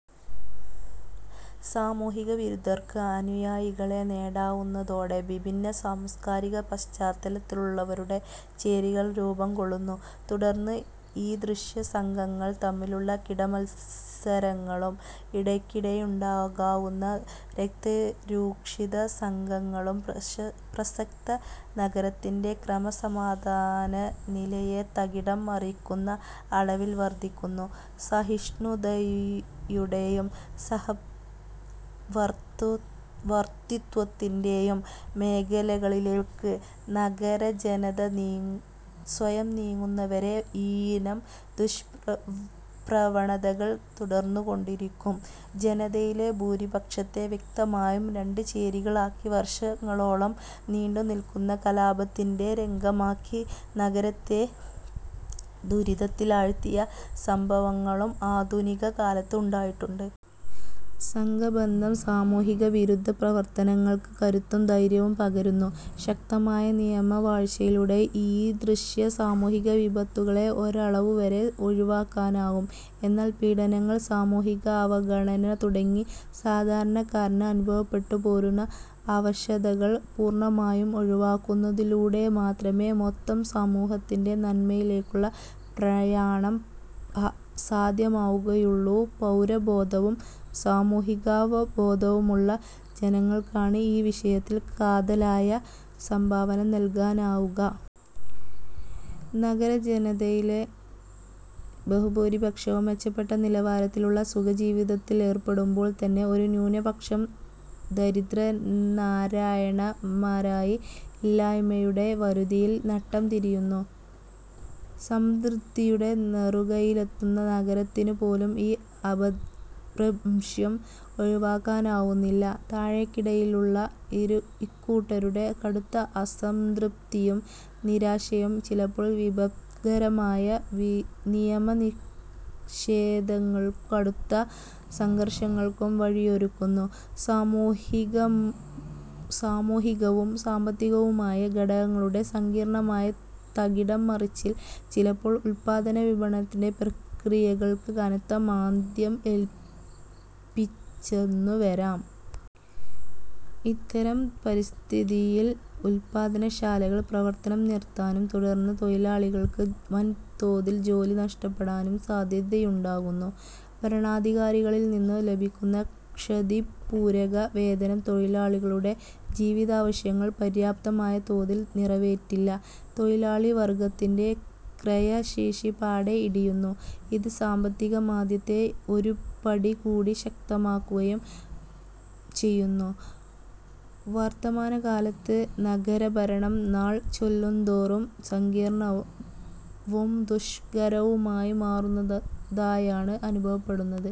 സാമൂഹികവിരുദ്ധർക്ക് അനുയായികളെ നേടാനാവുന്നതോടെ വിഭിന്ന സാംസ്കാരിക പശ്ചാത്തലത്തിലുള്ളവരുടെ ചേരികൾ രൂപംകൊള്ളുന്നു. തുടർന്ന് ഈദൃശ സംഘങ്ങൾ തമ്മിലുള്ള കിടമത്സരങ്ങളും ഇടയ്ക്കിടെയുണ്ടാകാവുന്ന രക്തരൂക്ഷിത സംഘർഷങ്ങളും പ്രസക്ത നഗരത്തിന്റെ ക്രമസമാധാനനിലയെ തകിടം മറിക്കുന്ന അളവിൽ വർധിക്കുന്നു. സഹിഷ്ണുതയുടെയും സഹവർത്തിത്വത്തിന്റെയും മേഖലകളിലേക്ക് നഗരജനത സ്വയം നീങ്ങുന്നതുവരെ ഈയിനം ദുഷ്പ്രവണതകൾ തുടർന്നുകൊണ്ടിരിക്കും. ജനതയിലെ ഭൂരിപക്ഷത്തെ വ്യക്തമായും രണ്ട് ചേരികളിലാക്കി വർഷങ്ങളോളം നീണ്ടുനില്ക്കുന്ന കലാപത്തിന്റെ രംഗമാക്കി നഗരത്തെ ദുരിതത്തിലാഴ്ത്തിയ സംഭവങ്ങളും ആധുനികകാലത്ത് ഉണ്ടായിട്ടുണ്ട്. സംഘബന്ധം സാമൂഹികവിരുദ്ധപ്രവർത്തനങ്ങൾക്ക് കരുത്തും ധൈര്യവും പകരുന്നു. ശക്തമായ നിയമവാഴ്ചയിലൂടെ ഈദൃശ സാമൂഹിക വിപത്തുകളെ ഒരളവുവരെ ഒഴിവാക്കാനാകും. എന്നാൽ പീഡനങ്ങൾ, സാമൂഹികാവഗണന തുടങ്ങി സാധാരണക്കാരന് അനുഭവപ്പെട്ടു പോരുന്ന അവശതകൾ പൂർണമായും ഒഴിവാക്കുന്നതിലൂടെമാത്രമേ മൊത്തം സമൂഹത്തിന്റെ നന്മയിലേക്കുള്ള പ്രയാണം സാധ്യമാവുകയുള്ളൂ. പൗരബോധവും സാമൂഹികാവബോധവുമുള്ള ജനങ്ങൾക്കാണ് ഈ വിഷയത്തിൽ കാതലായ സംഭാവന നല്കാനാവുക. നഗരജനതയിലെ ബഹുഭൂരിപക്ഷവും മെച്ചപ്പെട്ട നിലവാരത്തിലുള്ള സുഖജീവിതത്തിലേർപ്പെടുമ്പോൾത്തന്നെ ഒരു ന്യൂനപക്ഷം ദരിദ്രനാരായണന്മാരായി, ഇല്ലായ്മയുടെ വറുതിയിൽ നട്ടംതിരിയുന്നു. സമ്പദ്വൃദ്ധിയുടെ നെറുകയിലെത്തുന്ന നഗരത്തിനുപോലും ഈ അപഭ്രംശം ഒഴിവാക്കാനാവുന്നില്ല. താഴേക്കിടയിലുള്ള ഇക്കൂട്ടരുടെ കടുത്ത അസംതൃപ്തിയും നിരാശയും ചിലപ്പോൾ വിപത്കരമായ നിയമനിഷേധങ്ങൾക്കും കടുത്ത സംഘർഷങ്ങൾക്കും വഴിയൊരുക്കുന്നു. സാമൂഹികവും സാമ്പത്തികവുമായ ഘടകങ്ങളുടെ സങ്കീർണമായ തകിടം മറിച്ചിൽ, ചിലപ്പോൾ ഉത്പാദന വിപണന പ്രക്രിയകൾക്ക് കനത്ത മാന്ദ്യം ഏല്പിച്ചെന്നുവരാം. ഇത്തരം പരിതഃസ്ഥിതിയിൽ ഉത്പാദനശാലകൾ പ്രവർത്തനം നിർത്താനും തുടർന്ന്, തൊഴിലാളികൾക്ക് വൻതോതിൽ ജോലി നഷ്ടപ്പെടാനും സാധ്യതയുണ്ടാകുന്നു. ഭരണാധികാരികളിൽനിന്നു ലഭിക്കുന്ന 'ക്ഷതിപൂരക' വേതനം തൊഴിലാളികളുടെ ജീവിതാവശ്യങ്ങൾ പര്യാപ്തമായ തോതിൽ നിറവേറ്റില്ല. തൊഴിലാളിവർഗത്തിന്റെ ക്രയശേഷി പാടേ ഇടിയുന്നു. ഇത് സാമ്പത്തികമാന്ദ്യത്തെ ഒരുപടികൂടി ശക്തമാക്കുകയും ചെയ്യുന്നു. വർത്തമാനകാലത്ത്, നഗരഭരണം നാൾചെല്ലുന്തോറും സങ്കീർണവും ദുഷ്കരവുമായി മാറുന്നതായാണ് അനുഭവപ്പെടുന്നത്.